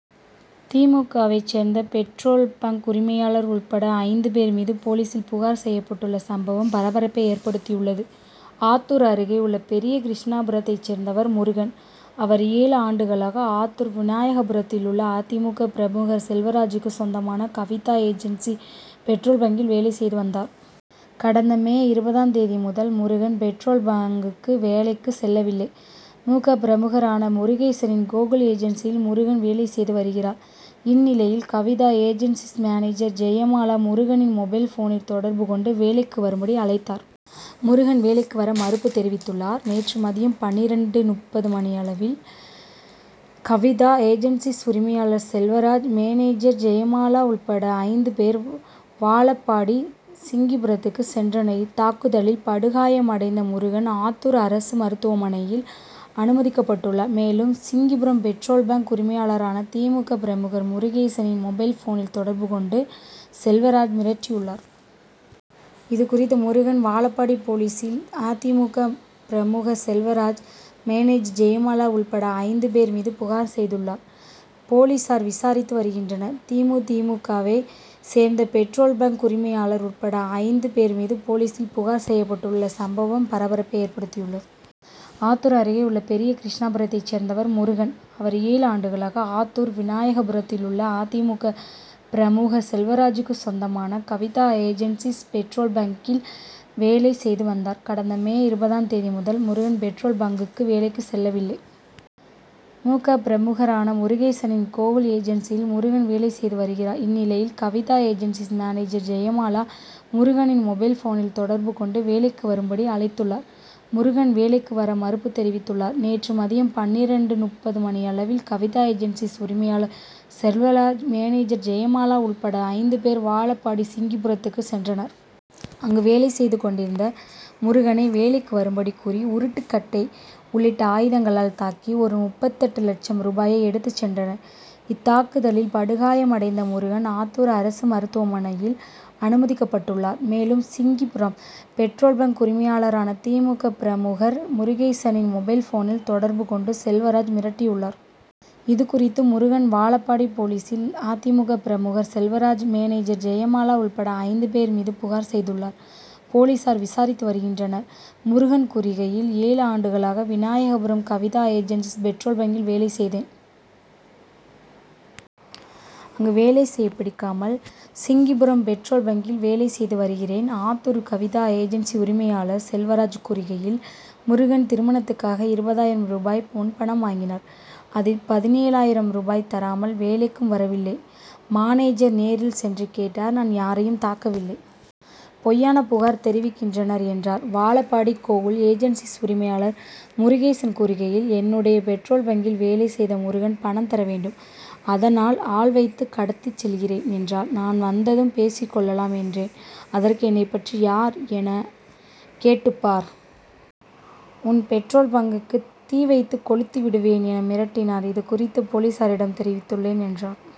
தி மு கவை சேர்ந்த பெட்ரோல் பங்க் உரிமையாளர் உள்பட ஐந்து பேர் மீது போலீஸில் புகார் செய்யப்பட்டுள்ள சம்பவம் பரபரப்பை ஏற்படுத்தியுள்ளது. ஆத்தூர் அருகே உள்ள பெரிய கிருஷ்ணாபுரத்தை சேர்ந்தவர் முருகன். அவர் ஏழு ஆண்டுகளாக ஆத்தூர் விநாயகபுரத்திலுள்ள அ தி மு க பிரமுகர் செல்வராஜூக்கு சொந்தமான கவிதா ஏஜன்சிஸ் பெட்ரோல் பங்கில் வேலை செய்து வந்தார். கடந்த மே இருபதாம் தேதி முதல் முருகன் பெட்ரோல் பங்க்குக்கு வேலைக்கு செல்லவில்லை. மு க பிரமுகரான முருகேசனின் கோகுல் ஏஜன்சியில் முருகன் வேலை செய்து வருகிறார். இந்நிலையில் கவிதா ஏஜன்சிஸ் மேனேஜர் ஜெயமாலா முருகனின் மொபைல் ஃபோனில் தொடர்பு கொண்டு வேலைக்கு வரும்படி அழைத்தார். முருகன் வேலைக்கு வர மறுப்பு தெரிவித்துள்ளார். நேற்று மதியம் பன்னிரண்டு.முப்பது மணியளவில் கவிதா ஏஜன்சிஸ் உரிமையாளர் செல்வராஜ் மேனேஜர் ஜெயமாலா உள்பட ஐந்து பேர் வாழப்பாடி சிங்கிபுரத்துக்கு சென்றனர். இத்தாக்குதலில் படுகாயமடைந்த முருகன் ஆத்தூர் அரசு மருத்துவமனையில் அனுமதிக்கப்பட்டுள்ளார். மேலும் சிங்கிபுரம் பெட்ரோல் பங்க் உரிமையாளரான தி மு க பிரமுகர் முருகேசனின் மொபைல் ஃபோனில் தொடர்பு கொண்டு செல்வராஜ் மிரட்டியுள்ளார். இது குறித்து முருகன் வாழப்பாடி போலீஸில் அ தி மு க பிரமுகர் செல்வராஜ் மேனேஜர் ஜெயமாலா உள்பட ஐந்து பேர் மீது புகார் செய்துள்ளார். போலீஸார் விசாரித்து வருகின்றனர். தி மு தி மு கவை சேர்ந்த பெட்ரோல் பங்க் உரிமையாளர் உள்பட ஐந்து பேர் மீது போலீஸில் புகார் செய்யப்பட்டுள்ள சம்பவம் பரபரப்பை ஏற்படுத்தியுள்ளது. ஆத்தூர் அருகே உள்ள பெரிய கிருஷ்ணாபுரத்தை சேர்ந்தவர் முருகன். அவர் ஏழு ஆண்டுகளாக ஆத்தூர் விநாயகபுரத்திலுள்ள அ தி மு க பிரமுகர் செல்வராஜூக்கு சொந்தமான கவிதா ஏஜன்சிஸ் பெட்ரோல் பங்கில் வேலை செய்து வந்தார். கடந்த மே இருபதாம் தேதி முதல் முருகன் பெட்ரோல் பங்க்குக்கு வேலைக்கு செல்லவில்லை. மு க பிரமுகரான முருகேசனின் கோகுல் ஏஜன்சியில் முருகன் வேலை செய்து வருகிறார். இந்நிலையில் கவிதா ஏஜன்சிஸ் மேனேஜர் ஜெயமாலா முருகனின் மொபைல் ஃபோனில் தொடர்பு கொண்டு வேலைக்கு வரும்படி அழைத்துள்ளார். முருகன் வேலைக்கு வர மறுப்பு தெரிவித்துள்ளார். நேற்று மதியம் பன்னிரண்டு.முப்பது மணியளவில் கவிதா ஏஜன்சிஸ் உரிமையாளர் செல்வராஜ் மேனேஜர் ஜெயமாலா உள்பட ஐந்து பேர் வாழப்பாடி சிங்கிபுரத்துக்கு சென்றனர். அங்கு வேலை செய்து கொண்டிருந்த முருகனை வேலைக்கு வரும்படி கூறி உருட்டு கட்டை உள்ளிட்ட ஆயுதங்களால் தாக்கி ஒரு.முப்பத்தெட்டு லட்சம் ரூபாயை எடுத்து சென்றனர். இத்தாக்குதலில் படுகாயமடைந்த முருகன் ஆத்தூர் அரசு மருத்துவமனையில் அனுமதிக்கப்பட்டுள்ளார். மேலும் சிங்கிபுரம் பெட்ரோல் பங்க் உரிமையாளரான தி மு க பிரமுகர் முருகேசனின் மொபைல் ஃபோனில் தொடர்பு கொண்டு செல்வராஜ் மிரட்டியுள்ளார். இது குறித்து முருகன் வாழப்பாடி போலீஸில் அ தி மு க பிரமுகர் செல்வராஜ் மேனேஜர் ஜெயமாலா உள்பட ஐந்து பேர் மீது புகார் செய்துள்ளார். போலீஸார் விசாரித்து வருகின்றனர். முருகன் கூறுகையில் ஏழு ஆண்டுகளாக விநாயகபுரம் கவிதா ஏஜென்சி பெட்ரோல் பங்கில் வேலை செய்தேன். அங்கு வேலை செய்ய பிடிக்காமல் சிங்கிபுரம் பெட்ரோல் பங்கில் வேலை செய்து வருகிறேன். ஆத்தூர் கவிதா ஏஜன்சி உரிமையாளர் செல்வராஜ் கூறுகையில் முருகன் திருமணத்துக்காக இருபதாயிரம் ரூபாய் முன்பணம் வாங்கினார். அதில் பதினேழாயிரம் ரூபாய் தராமல் வேலைக்கும் வரவில்லை. மானேஜர் நேரில் சென்று கேட்டார். நான் யாரையும் தாக்கவில்லை. பொய்யான புகார் தெரிவிக்கின்றனர் என்றார். வாழப்பாடி கோகுல் ஏஜன்சிஸ் உரிமையாளர் முருகேசன் கூறுகையில் என்னுடைய பெட்ரோல் பங்கில் வேலை செய்த முருகன் பணம் தரவேண்டும். அதனால் ஆள் வைத்து கடத்தி செல்கிறேன் என்றார். நான் வந்ததும் பேசிக்கொள்ளலாம் என்றேன். அதற்கு என்னை பற்றி யார் என கேட்டு பார். உன் பெட்ரோல் பங்க்குக்கு தீ வைத்து கொளுத்திவிடுவேன் என மிரட்டினார். இது குறித்து போலீஸாரிடம் தெரிவித்துள்ளேன் என்றார்.